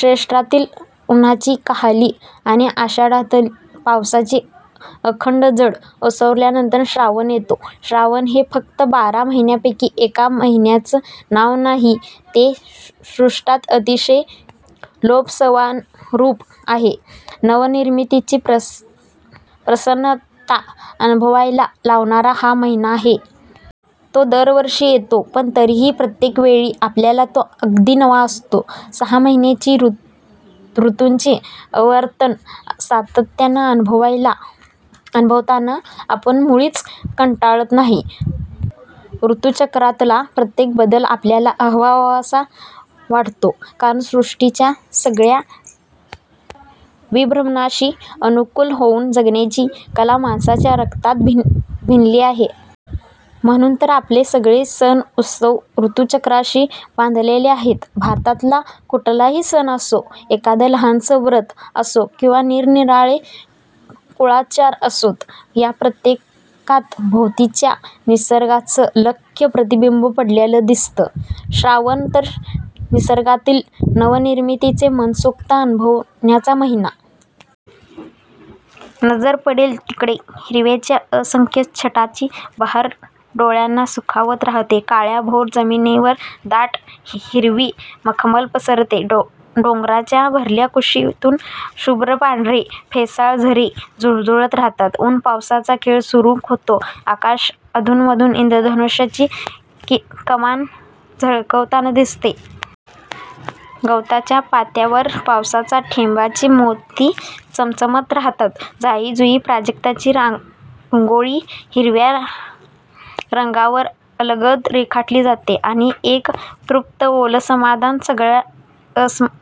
ज्येष्ठातली उन्हाची काहिली आणि आषाढातली पावसाची अखंड झड ओसरल्यानंतर श्रावण येतो. श्रावण हे फक्त बारा महिन्यांपैकी एका महिन्याचं नाव नाही. ते सृष्टीचं अतिशय लोभसवाणं रूप आहे. नवनिर्मितीची प्रसन्नता अनुभवायला लावणारा हा महिना आहे. तो दरवर्षी येतो पण तरीही प्रत्येक वेळी आपल्यासाठी तो अगदी नवा असतो. सहा ऋतूंची आवर्तनं सातत्यानं अनुभवताना आपण मुळीच कंटाळत नाही. ऋतुचक्रातला प्रत्येक बदल आपल्याला हवाहवासा वाटतो. कारण सृष्टीच्या सगळ्या विभ्रमांशी अनुकूल होऊन जगण्याची कला माणसाच्या रक्तातच भिनली आहे. म्हणून तर आपले सगळे सण-उत्सव ऋतुचक्राशी बांधलेले आहेत. भारतातला कुठलाही सण असो, एखादं लहानसं व्रत असो किंवा निरनिराळे कुळाचार असोत, या प्रत्येकात भोवतीच्या निसर्गाचं लख्ख प्रतिबिंब पडलेलं दिसतं. श्रावण तर निसर्गातली नवनिर्मिती मनसोक्त अनुभवण्याचा महिना. नजर फिरेल तिकडे हिरव्याच्या असंख्य छटांची बहार डोळ्यांना सुखावत रहाते. काळ्याभोर जमिनीवरही दाट, हिरवी मखमल पसरते. डोंगराच्या भरल्या कुशीतून शुभ्र पांढरे, फेसाळ झरे झुळझुळत राहतात. ऊन-पावसाचा खेळ सुरु होतो. आकाशात अधून मधून इंद्रधनुष्याची कमान झळकताना दिसते. गवताच्या पात्यांवर पावसाच्या थेंबांचे मोती चमचमत राहतात. जाई-जुई, प्राजक्ताची रांगोळी हिरव्या रंगावर अलगद रेखाटली जाते आणि एक तृप्त ओलं समाधान सगळ्या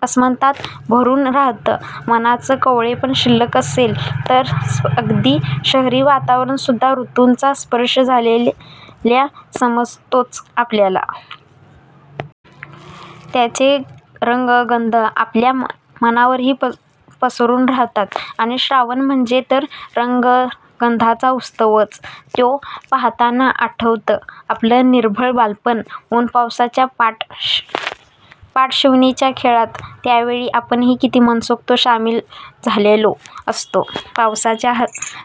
आसमंतात भरून राहतं. मनाचं कोवळेपण शिल्लक असेल तर अगदी शहरी वातावरणात सुद्धा ऋतूंचा स्पर्श झालेला समजतोच आपल्याला. त्यांचे रंग-गंध आपल्या मनावरही पसरून राहतात. आणि श्रावण म्हणजे तर रंग-गंधांचा उत्सवच! तो पहाताना आठवतं आपलं निरभ्र बालपण. ऊन-पावसाच्या पाठशिवणीच्याखेळात त्यावेळी आपणही किती मनापासून सामील झालेलो असतो! पावसाच्या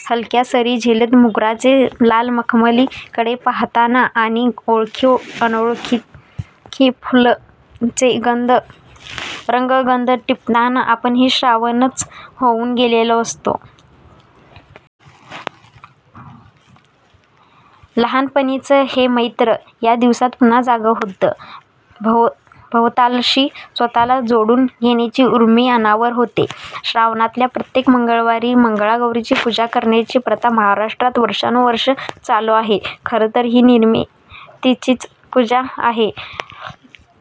हलक्या सरी झेलत मृगाचे लाल मखमली किडे पहाताना आणि ओळखी-अनोळखी फुलांचे रंग-गंध टिपताना आपणही श्रावणच होऊन गेलेलो असतो! लहानपणीचं हे मैत्र या दिवसांत पुन्हा जागं होतं. भवतालाशी स्वतःला जोडून घेण्याची उर्मी अनावर होते. श्रावणातल्या प्रत्येक मंगळवारी मंगळागौरीची पूजा करण्याची प्रथा महाराष्ट्रात वर्षानुवर्षं चालू आहे. खरं तर ही निर्मितीचीच पूजा आहे.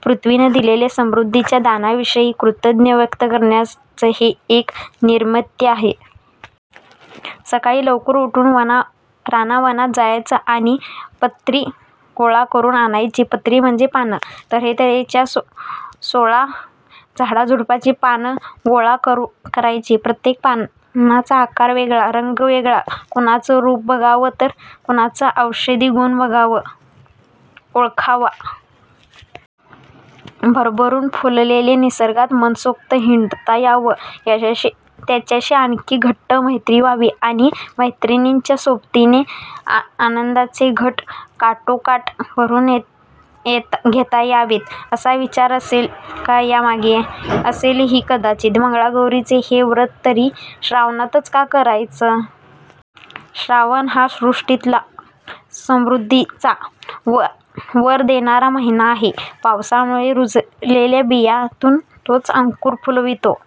पृथ्वीनं दिलेल्या समृद्धीच्या दानाविषयी कृतज्ञता व्यक्त करण्याचं हे एक निमित्त आहे. सकाळी लवकर उठून रानावनात जायचं आणि पत्री गोळा करून आणायची. पत्री म्हणजे पानं. तऱ्हेतऱ्हेच्या सोळा झाडाझुडपांची पानं गोळा करायची. प्रत्येक पानाचा आकार वेगळा, रंग वेगळा. कुणाचं रूप बघावं तर कुणाचा औषधी गुण ओळखावा. भरभरून फुललेल्या निसर्गात मनसोक्त हिंडता यावं, त्याच्याशी आणखी घट्ट मैत्री व्हावी आणि मैत्रिणींच्या सोबतीनं आनंदाचे घट काठोकाठ भरून घेता यावेत, असा विचार असेल का यामागे? असेलही कदाचित. मंगळागौरीचं हे व्रत तरी श्रावणातच का करायचं? श्रावण हा सृष्टीला समृद्धीचा वर देणारा महिना आहे. पावसामुळे रुजलेल्या बीजातून तोच अंकुर फुलवितो.